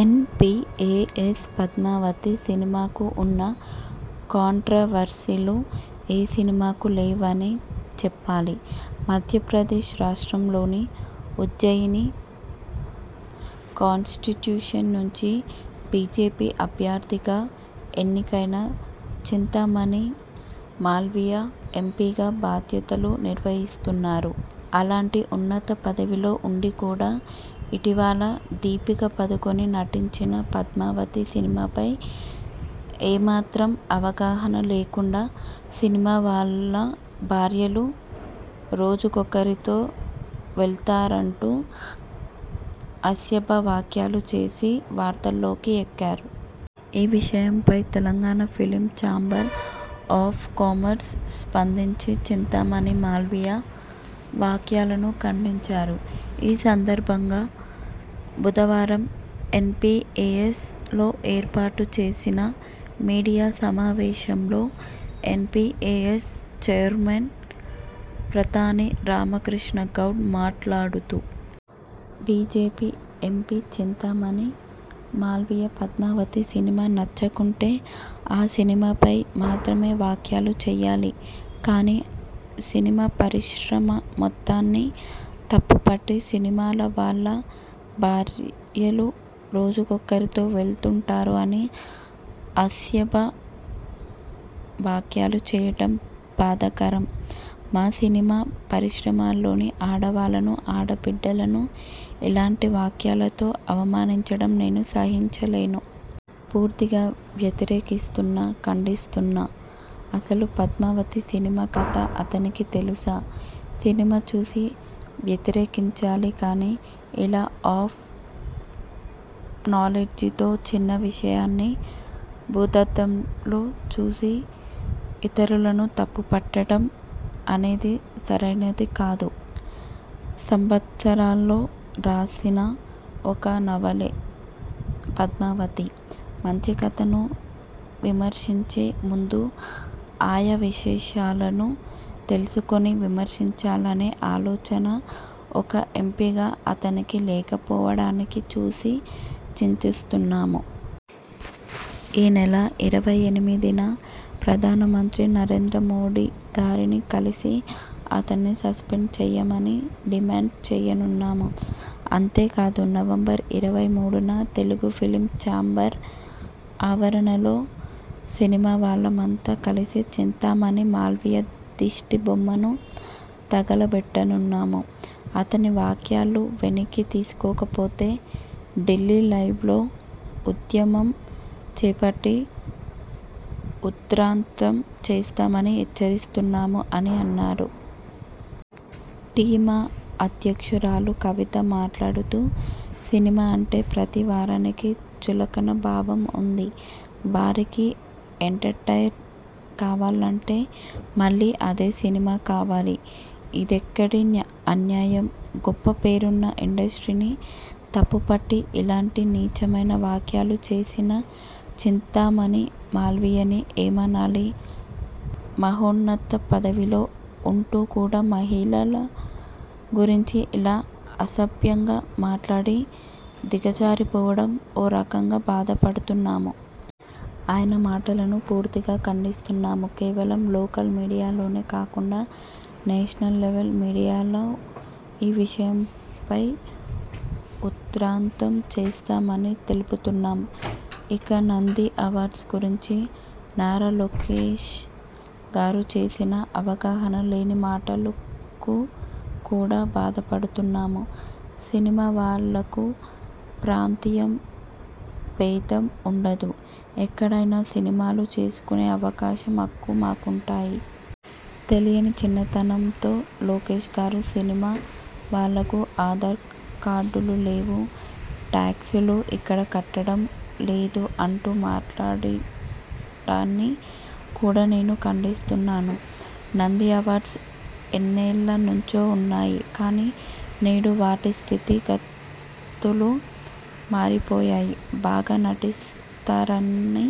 N P A S 'Padmavati' సినిమాకు ఉన్న కాంట్రవర్సీలు ఏ సినిమాకు లేవు అనే చెప్పాలి. మధ్యప్రదేశ్ రాష్ట్రంలోని ఉజ్జయిని కాన్స్టిట్యూషన్ నుంచి బీజేపీ అభ్యర్థిగా ఎన్నికైన చింతామణి మాల్వియా ఎంపీగా బాధ్యతలు నిర్వహిస్తున్నారు. అలాంటి ఉన్నత పదవిలో ఉండి కూడా ఇటీవల దీపికా పదుకునే నటించిన 'పద్మావతి' సినిమాపై ఏమాత్రం అవగాహన లేకుండా సినిమా వాళ్ళ భార్యలు రోజుకొకరితో వెళ్తారంటూ అసభ్య వ్యాఖ్యలు చేసి వార్తల్లోకి ఎక్కారు. ఈ విషయంపై Telangana film chamber of commerce స్పందించి చింతామణి మాల్వియా వ్యాఖ్యలను ఖండించారు. ఈ సందర్బంగా బుధవారం ఎన్ పి ఏ ఎస్ లో ఏర్పాటు చేసిన మీడియా సమావేశంలో N P A S chairman Pratani Ramakrishna Goud మాట్లాడుతూ.. ''BJP MP Chintamani Malviya 'Padmavati' cinema నచ్చకుంటే ఆ సినిమాపై మాత్రమే వ్యాఖ్యలు చేయాలి కానీ సినిమా పరిశ్రమ మొత్తాన్ని తప్పు పట్టి సినిమా లా వాళ్ళ భార్యలు రోజుకొకరితో వెళ్తుంటారు అని అసభ్య వ్యాఖ్యలు చేయడం బాధాకరం. మా సినిమా పరిశ్రమలోని ఆడవాళ్లను, ఆడ బిడ్డలను ఇలాంటి వ్యాఖ్యలతో అవమానించడం నేను సహించలేను. పూర్తిగా వ్యతిరేకిస్తున్నా, ఖండిస్తున్నా. అసలు పద్మావతి సినిమా కథ అతనికి తెలుసా? సినిమా చూసి వ్యతిరేకించాలి కానీ ఇలా ఆఫ్ నాలెడ్జితో చిన్న విషయాన్ని భూతద్దంలో చూసి ఇతరులను తప్పుపట్టడం అనేది సరైనది కాదు. సంవత్సరంలో లో రాసిన ఒక నవలే పద్మావతి. మంచి కథను విమర్శించే ముందు ఆయా విశేషాలను తెలుసుకొని విమర్శించాలనే ఆలోచన ఒక ఎంపీగా అతనికి లేకపోవడాన్ని చూసి చింతిస్తున్నాము. ఈ నెల ఇరవై ఎనిమిదిన ప్రధాన మంత్రి నరేంద్ర మోడీ గారిని కలసి అతన్ని సస్పెండ్ చేయమని డిమాండ్ చేయనున్నాము. అంతే కాదు నవంబర్ ఇరవై మూడున తెలుగు ఫిలిం ఛాంబర్ ఆవరణలో సినిమా వాళ్లమంతా కలసి చింతామణి మాల్వియా దిష్టి బొమ్మను తగలబెట్టనున్నాము. అతని వ్యాఖ్యలు వెనక్కి తీసుకోకపోతే ఢిల్లీ లెవెల్లో ఉద్యమం చేపట్టి ఉధృతం చేస్తామని హెచ్చరిస్తున్నాము'' అని అన్నారు. టి. మా అధ్యక్షురాలు కవిత మాట్లాడుతూ.. ''సినిమా అంటే ప్రతి వార నికి చులకన భావం ఉంది. వారికి ఎంటర్టైన్ కావాలంటే మళ్ళీ అదే సినిమా కావాలి. ఇదెక్కడి అన్యాయం. గొప్ప పేరున్న ఇండస్ట్రీని తప్పుపట్టి ఇలాంటి నీచమైన వ్యాఖ్యలు చేసిన చింతామణి మాల్వియాని ఏమనాలి? మహోన్నత పదవిలో ఉంటూ కూడా మహిళల గురించి ఇలా అసభ్యంగా మాట్లాడి దిగజారి పోవడం ఓ రకంగా బాధపడుతున్నాము. ఆయన మాటలను పూర్తిగా ఖండిస్తున్నాము. కేవలం లోకల్ మీడియాలోనే కాకుండా నేషనల్ లెవెల్ మీడియాలో ఈ విషయంపై ఉ ధ్రాతం చేస్తామని తెలుపుతున్నాం. ఇక నంది అవార్డ్స్ గురుంచి నారా లోకేష్ గారు చేసిన అవగాహన లేని మాటలకు కూడా బాధపడుతున్నాము. సినిమా వాళ్లకు ప్రాంతీయ భేధం ఉండదు, ఎక్కడైనా సినిమాలు చేసుకునే అవకాశం హక్కు మాకుంటాయి. తెలియని చిన్నతనంతో లోకేష్ గారు సినిమా వాళ్లకు ఆధార్ కార్డులు లేవు, టాక్స్ లు ఇక్కడ కట్టడం లేదు అంటూ మాట్లాడటాన్ని కూడా నేను ఖండిస్తున్నాను. నంది అవార్డ్స్ ఎన్నేళ్ల నుంచో ఉన్నాయి. కానీ నేడు వాటి స్థితి గతులు మారిపోయాయి. బాగా నటిస్తారని,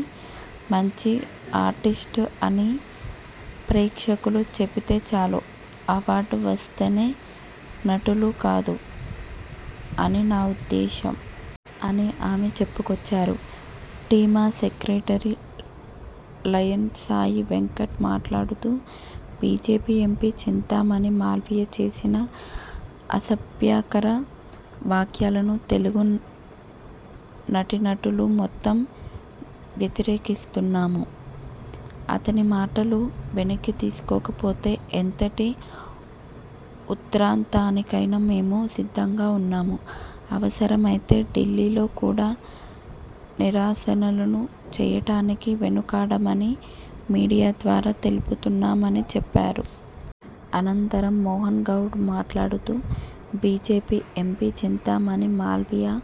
మంచి ఆర్టిస్ట్ అని ప్రేక్షకులు చెపితే చాలు అవార్డు వస్తేనే నటులు కాదు అని నా ఉద్దేశ్యం.. '' అని ఆమె చెప్పుకొచ్చారు. టి. మా సెక్రటరీ లయన్ సాయి వెంకట్ మాట్లాడుతూ.. ''బీజేపీ ఎంపీ చింతామణి మాల్వియా చేసిన అసభ్యకర వ్యాఖ్యలను తెలుగు నటీనటులు మొత్తం వ్యతిరేకిస్తున్నాము. అతని మాటలు వెనక్కి తీసుకోకపోతే ఎంతటి ఉధృతానికైనా మేము సిద్ధంగా ఉన్నాము. అవసరమైతే ఢిల్లీలో కూడా నిరసనల ను చేయడానికి వెనుకాడమని మీడియా ద్వారా తెలుపుతున్నామని'' చెప్పారు. అనంతరం మోహన్ గౌడ్ మాట్లాడుతూ.. ''బీజేపీ ఎంపీ చింతామణి మాల్వియా..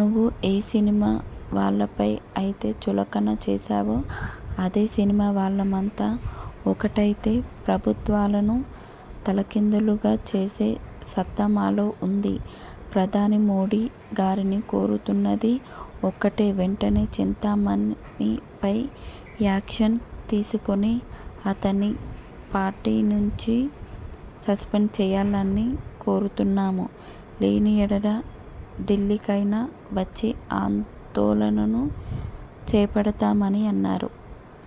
నువ్వు ఏ సినిమా వాళ్లపై అయితే చులకన చేసావో అదే సినిమా వాళ్లమంతా ఒక్కటైతే ప్రభుత్వాలను తలకిందులుగా చేసే సత్తా మాలో ఉంది. ప్రధాని మోడీ గారిని కోరుతున్నది ఒక్కటే వెంటనే చింతామణిపై యాక్షన్ తీసుకొని అతన్ని పార్టీ నుంచి సస్పెండ్ చేయాలని కోరుతున్నాము. లేని యెడల ఢిల్లీకైనా వచ్చి ఆందోళనలు చేపడతామని'' అన్నారు.